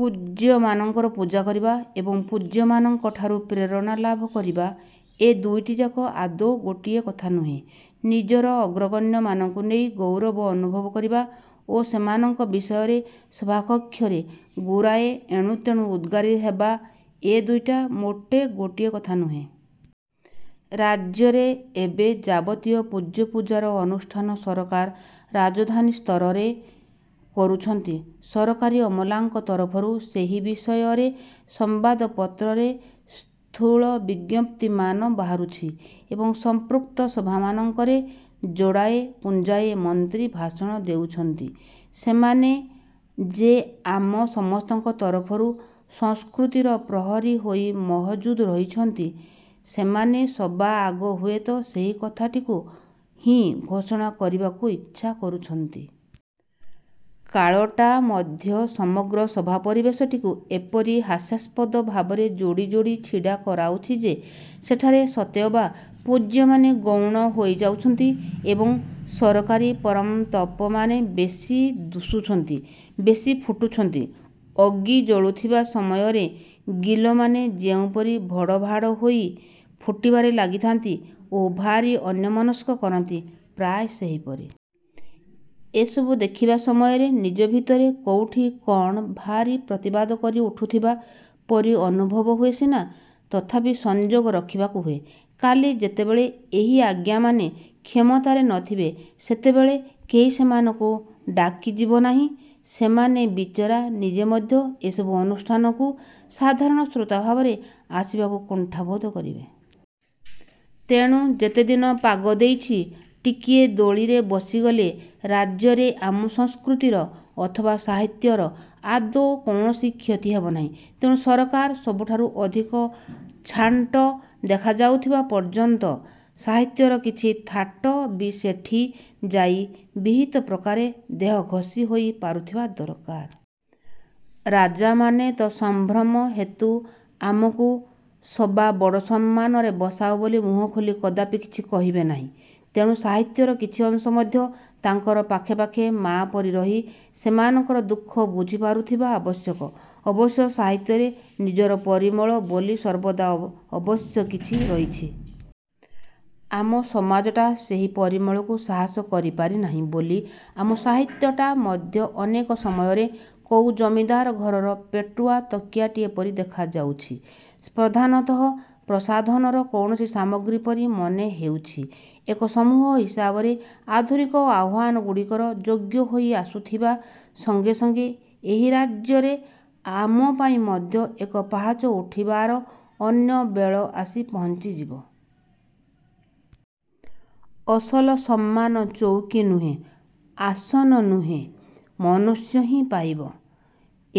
ପୂଜ୍ୟମାନଙ୍କର ପୂଜା କରିବା ଏବଂ ପୂଜ୍ୟମାନଙ୍କ ଠାରୁ ପ୍ରେରଣା ଲାଭ କରିବା, ଏ ଦୁଇଟିଯାକ ଆଦୌ ଗୋଟିଏ କଥା ନୁହେଁ। ନିଜର ଅଗ୍ରଗଣ୍ୟମାନଙ୍କୁ ନେଇ ଗୌରବ ଅନୁଭବ କରିବା ଓ ସେମାନଙ୍କ ବିଷୟରେ ସଭାକକ୍ଷରେ ଗୁରାଏ ଏଣୁ ତେଣୁ ଉଦଗାରି ହେବା, ଏ ଦୁଇଟା ମୋଟେ ଗୋଟିଏ କଥା ନୁହେଁ। ରାଜ୍ୟରେ ଏବେ ଯାବତୀୟ ପୂଜ୍ୟ ପୂଜାର ଅନୁଷ୍ଠାନ ସରକାର ରାଜଧାନୀ ସ୍ତରରେ କରୁଛନ୍ତି। ସରକାରୀ ଅମଲାଙ୍କ ତରଫରୁ ସେହି ବିଷୟରେ ସମ୍ବାଦପତ୍ରରେ ସ୍ଥୂଳ ବିଜ୍ଞପ୍ତିମାନ ବାହାରୁଛି। ଏବଂ ସମ୍ପୃକ୍ତ ସଭାମାନଙ୍କରେ ଯୋଡ଼ାଏ ପୁଞ୍ଜାଏ ମନ୍ତ୍ରୀ ଭାଷଣ ଦେଉଛନ୍ତି। ସେମାନେ ଯେ ଆମ ସମସ୍ତଙ୍କ ତରଫରୁ ସଂସ୍କୃତିର ପ୍ରହରୀ ହୋଇ ମହଜୁଦ ହୋଇଛନ୍ତି, ସେମାନେ ସବାଆଗ ହୁଏତ ସେହି କଥାଟିକୁ ହିଁ ଘୋଷଣା କରିବାକୁ ଇଚ୍ଛା କରୁଛନ୍ତି। କାଳଟା ମଧ୍ୟ ସମଗ୍ର ସଭା ପରିବେଶଟିକୁ ଏପରି ହାସ୍ୟାସ୍ପଦ ଭାବରେ ଯୋଡ଼ି ଯୋଡ଼ି ଛିଡ଼ା କରାଉଛି ଯେ, ସେଠାରେ ସତେ ଅବା ପୂଜ୍ୟମାନେ ଗୌଣ ହୋଇ ଯାଉଛନ୍ତି ଏବଂ ସରକାରୀ ପରଂତପମାନେ ବେଶୀ ଦୁଶୁଛନ୍ତି, ବେଶୀ ଫୁଟୁଛନ୍ତି। ଅଗି ଜଳୁଥିବା ସମୟରେ ଗିଲମାନେ ଯେଉଁପରି ଭଡ଼ଭାଡ଼ ହୋଇ ଫୁଟିବାରେ ଲାଗିଥାନ୍ତି ଓ ଭାରି ଅନ୍ୟମନସ୍କ କରନ୍ତି ପ୍ରାୟ ସେହିପରି। ଏସବୁ ଦେଖିବା ସମୟରେ ନିଜ ଭିତରେ କୋଉଠି କଣ ଭାରି ପ୍ରତିବାଦ କରି ଉଠୁଥିବା ପରି ଅନୁଭବ ହୁଏ ସିନା ତଥାପି ସଂଯୋଗ ରଖିବାକୁ ହୁଏ। କାଲି ଯେତେବେଳେ ଏହି ଆଜ୍ଞାମାନେ କ୍ଷମତାରେ ନଥିବେ, ସେତେବେଳେ କେହି ସେମାନଙ୍କୁ ଡାକିଯିବ ନାହିଁ, ସେମାନେ ବିଚରା ନିଜେ ମଧ୍ୟ ଏସବୁ ଅନୁଷ୍ଠାନକୁ ସାଧାରଣ ଶ୍ରୋତା ଭାବରେ ଆସିବାକୁ କୁଣ୍ଠାବୋଧ କରିବେ। ତେଣୁ ଯେତେଦିନ ପାଗ ଦେଇଛି, ଟିକିଏ ଦୋଳିରେ ବସିଗଲେ ରାଜ୍ୟରେ ଆମ ସଂସ୍କୃତିର ଅଥବା ସାହିତ୍ୟର ଆଦୌ କୌଣସି କ୍ଷତି ହେବନାହିଁ। ତେଣୁ ସରକାର ସବୁଠାରୁ ଅଧିକ ଛାଣ୍ଟ ଦେଖାଯାଉଥିବା ପର୍ଯ୍ୟନ୍ତ ସାହିତ୍ୟର କିଛି ଥାଟ ବି ସେଠି ଯାଇ ବିହିତ ପ୍ରକାରେ ଦେହ ଘଷି ହୋଇ ପାରୁଥିବା ଦରକାର। ରାଜାମାନେ ତ ସମ୍ଭ୍ରମ ହେତୁ ଆମକୁ ସବା ବଡ଼ ସମ୍ମାନରେ ବସାଅ ବୋଲି ମୁହଁ ଖୋଲି କଦାପି କିଛି କହିବେ ନାହିଁ, ତେଣୁ ସାହିତ୍ୟର କିଛି ଅଂଶ ମଧ୍ୟ ତାଙ୍କର ପାଖେ ପାଖେ ମାଆ ପରି ରହି ସେମାନଙ୍କର ଦୁଃଖ ବୁଝିପାରୁଥିବା ଆବଶ୍ୟକ। ଅବଶ୍ୟ ସାହିତ୍ୟରେ ନିଜର ପରିମଳ ବୋଲି ସର୍ବଦା ଅବଶ୍ୟ କିଛି ରହିଛି। ଆମ ସମାଜଟା ସେହି ପରିମଳକୁ ସାହସ କରିପାରି ନାହିଁ ବୋଲି ଆମ ସାହିତ୍ୟଟା ମଧ୍ୟ ଅନେକ ସମୟରେ କୋଉ ଜମିଦାର ଘରର ପେଟୁଆ ତକିଆଟାଏ ପରି ଦେଖାଯାଉଛି। ପ୍ରଧାନତଃ ପ୍ରସାଧନର କୌଣସି ସାମଗ୍ରୀ ପରି ମନେହେଉଛି। ଏକ ସମୂହ ହିସାବରେ ଆଧୁନିକ ଆହ୍ୱାନଗୁଡ଼ିକର ଯୋଗ୍ୟ ହୋଇ ଆସୁଥିବା ସଂଗେ ସଂଗେ ଏହି ରାଜ୍ୟରେ ଆମ ପାଇଁ ମଧ୍ୟ ଏକ ପାହାଚ ଉଠିବାର ଅନ୍ୟ ବେଳ ଆସି ପହଞ୍ଚିଯିବ। ଅସଲ ସମ୍ମାନ ଚଉକି ନୁହେଁ, ଆସନ ନୁହେଁ, ମନୁଷ୍ୟ ହିଁ ପାଇବ।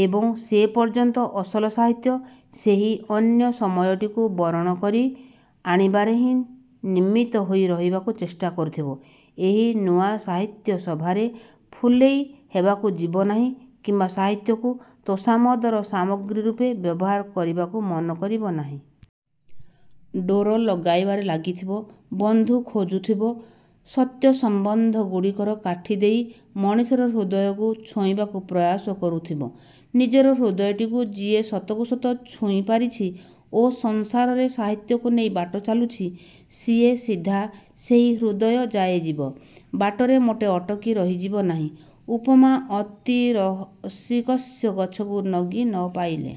ଏବଂ ସେ ପର୍ଯ୍ୟନ୍ତ ଅସଲ ସାହିତ୍ୟ ସେହି ଅନ୍ୟ ସମୟଟିକୁ ବରଣ କରି ଆଣିବାରେ ହିଁ ନିମିତ୍ତ ହୋଇ ରହିବାକୁ ଚେଷ୍ଟା କରୁଥିବ। ଏହି ନୂଆ ସାହିତ୍ୟ ସଭାରେ ଫୁଲେଇ ହେବାକୁ ଯିବନାହିଁ କିମ୍ବା ସାହିତ୍ୟକୁ ତୋଷାମଦର ସାମଗ୍ରୀ ରୂପେ ବ୍ୟବହାର କରିବାକୁ ମନ କରିବ ନାହିଁ। ଡୋର ଲଗାଇବାରେ ଲାଗିଥିବ, ବନ୍ଧୁ ଖୋଜୁଥିବ, ସତ୍ୟ ସମ୍ବନ୍ଧ ଗୁଡ଼ିକର କାଠି ଦେଇ ମଣିଷର ହୃଦୟକୁ ଛୁଇଁବାକୁ ପ୍ରୟାସ କରୁଥିବ। ନିଜର ହୃଦୟଟିକୁ ଯିଏ ସତକୁ ସତ ଛୁଇଁପାରିଛି ଓ ସଂସାରରେ ସାହିତ୍ୟକୁ ନେଇ ବାଟ ଚାଲୁଛି, ସିଏ ସିଧା ସେହି ହୃଦୟ ଯାଏ ଯିବ। ବାଟରେ ମୋଟେ ଅଟକି ରହିଯିବ ନାହିଁ । ଉପମା ଅତିରସିକସ୍ୟ ଗଛକୁ ନଗି ନପାଇଲେ